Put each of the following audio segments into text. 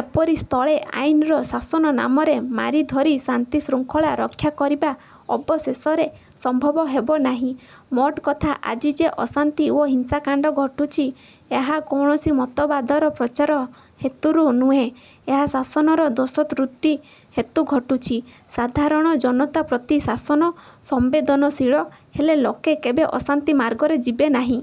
ଏପରି ସ୍ଥଳେ ଆଇନର ଶାସନ ନାମରେ ମାରିଧରି ଶାନ୍ତିଶୃଙ୍ଖଳା ରକ୍ଷାକରିବା ଅବଶେଷରେ ସମ୍ଭବ ହେବ ନାହିଁ। ମୋଟକଥା ଆଜି ଯେ ଅଶାନ୍ତି ଓ ହିସାଂକାଣ୍ଡ ଘଟୁଛି, ଏହା କୌଣସି ମତବାଦର ପ୍ରଚାର ହେତୁରୁ ନୁହେଁ। ଏହା ଶାସନର ଦୋଷ ତ୍ରୁଟି ହେତୁ ଘଟୁଛି। ସାଧାରଣ ଜନତା ପ୍ରତି ଶାସନ ସମ୍ବେଦନଶୀଳ ହେଲେ ଲୋକେ କେବେ ଅଶାନ୍ତି ମାର୍ଗରେ ଯିବେନାହିଁ।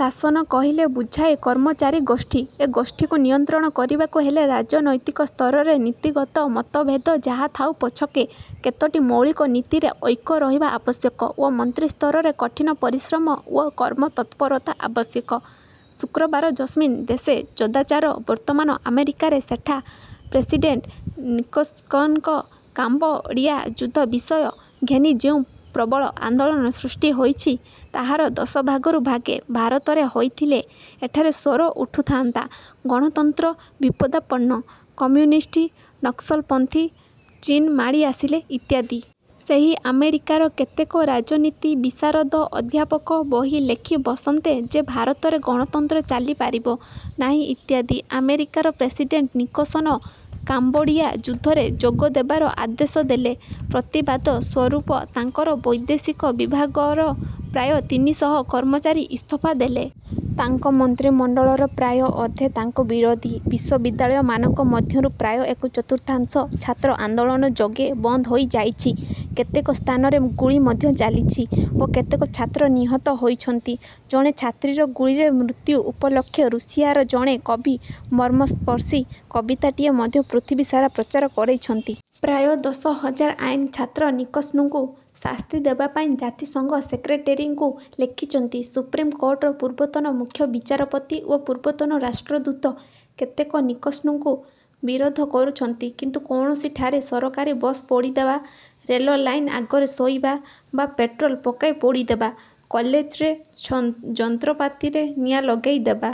ଶାସନ କହିଲେ ବୁଝାଏ, କର୍ମଚାରୀ-ଗୋଷ୍ଠୀ। ଏ ଗୋଷ୍ଠୀକୁ ନିୟନ୍ତ୍ରଣ କରିବାକୁ ହେଲେ ରାଜନୈତିକ ସ୍ତରରେ ନୀତିଗତ ମତଭେଦ ଯାହା ଥାଉ ପଛକେ କେତୋଟି ମୌଳିକ ନୀତିରେ ଐକ୍ୟ ରହିବା ଆବଶ୍ୟକ ଓ ମନ୍ତ୍ରିସ୍ତରରେ କଠିନ ପରିଶ୍ରମ ଓ କର୍ମ ତତ୍ପରତା ଆବଶ୍ୟକ। ଶୁକ୍ରବାର ଯସ୍ମିନ୍ ଦେଶେ ଯଦାଚାର ବର୍ତ୍ତମାନ ଆମେରିକାରେ ସେଠା ପ୍ରେସିଡ଼େଣ୍ଟ ନିକସନ୍ଙ୍କ କାମ୍ବୋଡ଼ିଆ ଯୁଦ୍ଧ ବିଷୟ ଘେନି ଯେଉଁ ପ୍ରବଳ ଆନ୍ଦୋଳନ ସୃଷ୍ଟିହୋଇଛି, ତାହାର ଦଶଭାଗରୁ ଭାଗେ ଭାରତରେ ହୋଇଥିଲେ ଏଠାରେ ସ୍ୱର ଉଠୁଥାନ୍ତା ''ଗଣତନ୍ତ୍ର ବିପଦାପନ୍ନ- କମ୍ୟୁନିଷ୍ଟ, ନକ୍ସଲପନ୍ଥୀ-ଚୀନ ମାଡ଼ି ଆସିଲେ'' ଇତ୍ୟାଦି। ସେହି ଆମେରିକାର କେତେକ ରାଜନୀତି ବିଶାରଦ ଅଧ୍ୟାପକ ବହି ଲେଖି ବସନ୍ତେ ଯେ ଭାରତରେ ଗଣତନ୍ତ୍ର ଚାଲିପାରିବ ନାହିଁ ଇତ୍ୟାଦି। ଆମେରିକାର ପ୍ରେସିଡ଼େଣ୍ଟ ନିକସନ କାମ୍ବୋଡ଼ିଆ ଯୁଦ୍ଧରେ ଯୋଗ ଦେବାର ଆଦେଶ ଦେଲେ। ପ୍ରତିବାଦ ସ୍ୱରୂପ ତାଙ୍କର ବୈଦେଶିକ ବିଭାଗର ପ୍ରାୟ ତିନିଶହ କର୍ମଚାରୀ ଇସ୍ତଫା ଦେଲେ। ତାଙ୍କ ମନ୍ତ୍ରିମଣ୍ଡଳର ପ୍ରାୟ ଅଧେ ତାଙ୍କ ବିରୋଧୀ। ବିଶ୍ୱବିଦ୍ୟାଳୟମାନଙ୍କ ମଧ୍ୟରୁ ପ୍ରାୟ ଏକ ଚତୁର୍ଥାଂଶ ଛାତ୍ର ଆନ୍ଦୋଳନ ଯୋଗେ ବନ୍ଦ ହୋଇ ଯାଇଛି। କେତେକ ସ୍ଥାନରେ ଗୁଳି ମଧ୍ୟ ଚାଲିଛି ଓ କେତେକ ଛାତ୍ର ନିହତ ହୋଇଛନ୍ତି। ଜଣେ ଛାତ୍ରୀର ଗୁଳିରେ ମୃତ୍ୟୁ ଉପଲକ୍ଷେ ରୁଷିଆର ଜଣେ କବି ମର୍ମସ୍ପର୍ଶୀ କବିତାଟିଏ ମଧ୍ୟ ପୃଥିବୀ ସାରା ପ୍ରଚାର କରାଇଛନ୍ତି। ପ୍ରାୟ ଦଶ ହଜାର ଆଇନ ଛାତ୍ର ନିକସନ୍ଙ୍କୁ ଶାସ୍ତି ଦେବାପାଇଁ ଜାତିସଂଘ ସେକ୍ରେଟେରୀଙ୍କୁ ଲେଖିଛନ୍ତି। ସୁପ୍ରୀମ କୋର୍ଟର ପୂର୍ବତନ ମୁଖ୍ୟ ବିଚାରପତି ଓ ପୂର୍ବତନ ରାଷ୍ଟ୍ରଦୂତ କେତେକ ନିକସନ୍ଙ୍କ ବିରୋଧ କରୁଛନ୍ତି; କିନ୍ତୁ କୌଣସିଠାରେ ସରକାରୀ ବସ ପୋଡ଼ିଦେବା, ରେଲ ଲାଇନ ଆଗରେ ଶୋଇବା ବା ପେଟ୍ରୋଲ ପକାଇ ପୋଡ଼ିଦେବା, କଲେଜରେ ଯନ୍ତ୍ରପାତିରେ ନିଆଁ ଲଗାଇଦେବା,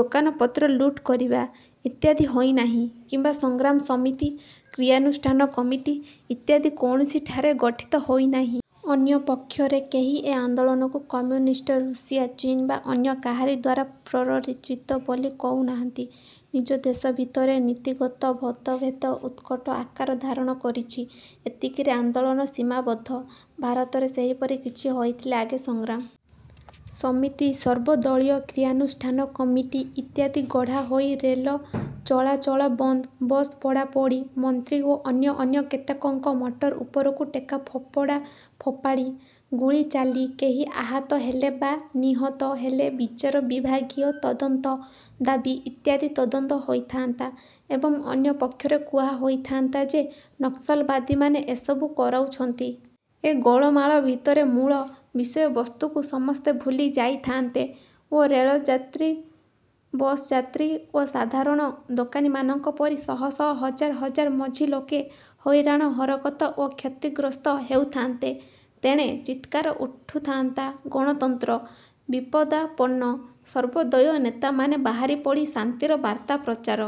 ଦୋକାନ ପତ୍ର ଲୁଟ କରିବା ଇତ୍ୟାଦି ହୋଇନାହିଁ କିମ୍ବା 'ସଂଗ୍ରାମ ସମିତି', କ୍ରିୟାନୁଷ୍ଠାନ କମିଟି' ଇତ୍ୟାଦି କୌଣସିଠାରେ ଗଠିତ ହୋଇନାହିଁ। ଅନ୍ୟ ପକ୍ଷରେ କେହି ଏ ଆନ୍ଦୋଳନକୁ କମ୍ୟୁନିଷ୍ଟ ରୁଷିଆ, ଚୀନ ବା ଅନ୍ୟ କାହାରିଦ୍ୱାରା ପ୍ରରୋଚିତ ବୋଲି କହୁ ନାହାନ୍ତି। ନିଜ ଦେଶ ଭିତରେ ନୀତିଗତ ମତଭେଦ ଉତ୍କଟ ଆକାର ଧାରଣ କରିଛି- ଏତିକିରେ ଆନ୍ଦୋଳନ ସୀମାବଦ୍ଧ। ଭାରତରେ ସେହିପରି କିଛି ହୋଇଥିଲେ ଆଗେ 'ସଂଗ୍ରାମ ସମିତି' 'ସର୍ବଦଳୀୟ କ୍ରିୟାନୁଷ୍ଠାନ କମିଟି' ଇତ୍ୟାଦି ଗଢ଼ାହୋଇ ରେଲ ଚଳାଚଳ ବନ୍ଦ, ବସ ପୋଡ଼ାପୋଡ଼ି, ମନ୍ତ୍ରୀ ଓ ଅନ୍ୟ ଅନ୍ୟ କେତେକଙ୍କ ମଟର ଉପରକୁ ଟେକା ଫୋପଡ଼ା ଫୋପାଡ଼ି, ଗୁଳି ଚାଲି କେହି ଆହତ ହେଲେ ବା ନିହତ ହେଲେ ବିଚାର ବିଭାଗୀୟ ତଦନ୍ତ ଦାବି ଇତ୍ୟାଦି ତଦନ୍ତ ହୋଇଥାନ୍ତା ଏବଂ ଅନ୍ୟ ପକ୍ଷରେ କୁହା ହୋଇଥାନ୍ତା ଯେ ନକ୍ସଲବାଦୀମାନେ ଏସବୁ କରାଉଛନ୍ତି। ଏ ଗୋଳମାଳ ଭିତରେ ମୂଳ ବିଷୟବସ୍ତୁକୁ ସମସ୍ତେ ଭୁଲି ଯାଇଥାନ୍ତେ ଓ ରେଲଯାତ୍ରୀ, ବସଯାତ୍ରୀ ଓ ସାଧାରଣ ଦୋକାନୀମାନଙ୍କ ପରି ଶହ ଶହ ହଜାର ହଜାର ମଝି ଲୋକେ ହଇରାଣ ହରକତ ଓ କ୍ଷତିଗ୍ରସ୍ତ ହେଉଥାନ୍ତେ। ତେଣେ ଚିତ୍କାର ଉଠୁଥାନ୍ତା 'ଗଣତନ୍ତ୍ର। ବିପଦାପନ୍ନ' ସର୍ବୋଦୟ ନେତାମାନେ ବାହାରିପଡ଼ି ଶାନ୍ତିର ବାର୍ତ୍ତା ପ୍ରଚାର